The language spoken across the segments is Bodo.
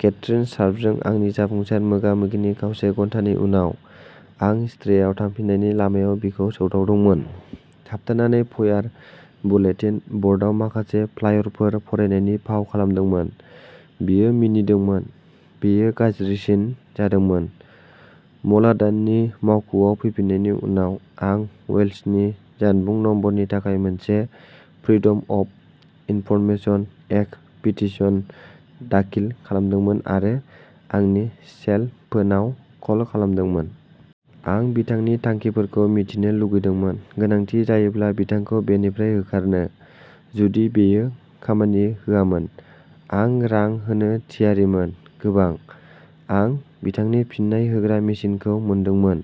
केथरिन शार्पजों आंनि जाफुंसार मोगा-मोगिनि खावसे घन्टानि उनाव, आं स्ट्रे आव थांफिन्नायनि लामायाव बिखौ सौदावदोंमोन। थाबथानानै फयार बुलेटिन ब'र्डआव माखासे फ्लायरफोर फरायनायनि फाव खालामदोंमोन। बियो मिनिदोंमोन। बेयो गाज्रिसिन जादोंमोन। म'लाघाननि मावख'आव फैफिन्नायनि उनाव, आं वेल्चनि जानबुं नम्बरनि थाखाय मोनसे freedom of information act petition दाखिल खालामदोंमोन आरो आंनि सेलफोनआव कल खालामदोंमोन। आं बिथांनि थांखिफोरखौ मिथिनो लुगैदोंमोन, गोनांथि जायोब्ला बिथांखौ बेनिफ्राय होखारनो। जुदि बेयो खामानि होआमोन, आं रां होनो थियारिमोन। गोबां। आं बिथांनि फिन्नाय होग्रा मेसिनखौ मोनदोंमोन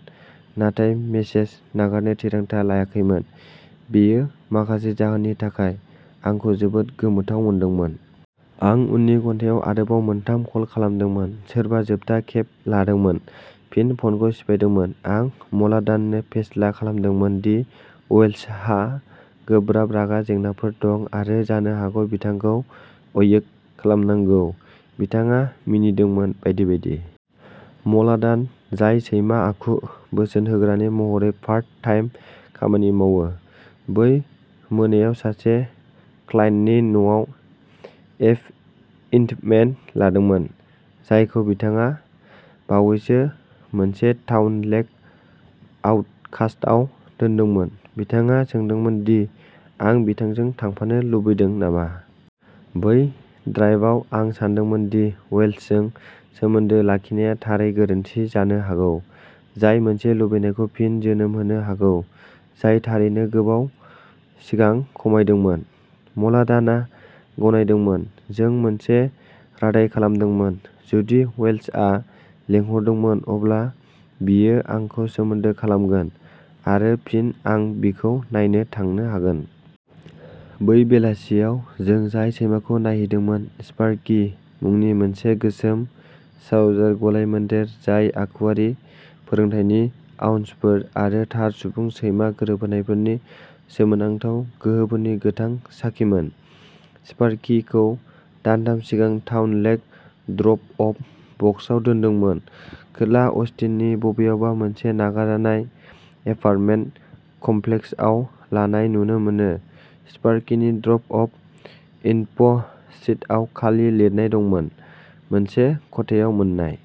नाथाय मेसेज नागारनो थिरांथा लायाखैमोन। बेयो, माखासे जाहोननि थाखाय, आंखौ जोबोद गोमोथाव मोनदोंमोन। आं उननि घन्टायाव आरोबाव मोनथाम कल खालामदोंमोन। सोरबा जोबथा खेब लादोंमोन, फिन फनखौ सिफायदोंमोन। आं म'लाघाननो फेस्ला खालामदोंमोन दि वेल्चहा गोब्राब रागा जेंनाफोर दं आरो जानो हागौ बिथांखौ अयोग्य खालामनांगौ। बिथाङा मिनिदोंमोन। बायदि बायदि। म'लाघान, जाय सैमा-आखु बोसोन होग्रानि महरै पार्ट टाइम खामानि मावो, बै मोनायाव सासे क्लाइन्टनि न'आव एपइन्टमेन्ट लादोंमोन। जायखौ बिथाङा बावैसो मोनसे टाउन लेक आउटकास्टआव दोनदोंमोन। बिथाङा सोंदोंमोन दि आं बिथांजों थांफानो लुबैदों नामा। बै ड्राइभआव आं सानदोंमोन दि वेल्चजों सोमोन्दो लाखिनाया थारै गोरोन्थि जानो हागौ, जाय मोनसे लुबैनायखौ फिन जोनोम होनो हागौ जाय थारैनो गोबाव सिगां खमायदोंमोन। म'लाघाना गनायदोंमोन। जों मोनसे रादाइ खालामदोंमोन। जुदि वेल्चआ लिंहरदोंमोन, अब्ला बियो आंखौ सोमोन्दो खालामगोन, आरो फिन आं बिखौ नायनो थांनो हागोन। बै बेलासियाव जों जाय सैमाखौ नायहैदोंमोन, स्पार्कि मुंनि मोनसे गोसोम श्नाउजार गलायमोन्देर, जाय आखुयारि फोरोंथायनि आउन्सफोर आरो थार सुबुं-सैमा गोरोबहोनायफोरनि सोमोनांथाव गोहोफोरनि गोथां साखिमोन। स्पार्किखौ दानथाम सिगां टाउन लेक ड्रप-अफ बक्सआव दोनदोंमोन। खोला अस्टिननि बबेयावबा मोनसे नागारजानाय एपार्टमेन्ट कमप्लेक्सआव लानाय नुनो मोनो, स्पार्किनि ड्रप-अफ इनफ'शीटआव खालि लिरनाय दंमोन, "मोनसे खथायाव मोन्नाय।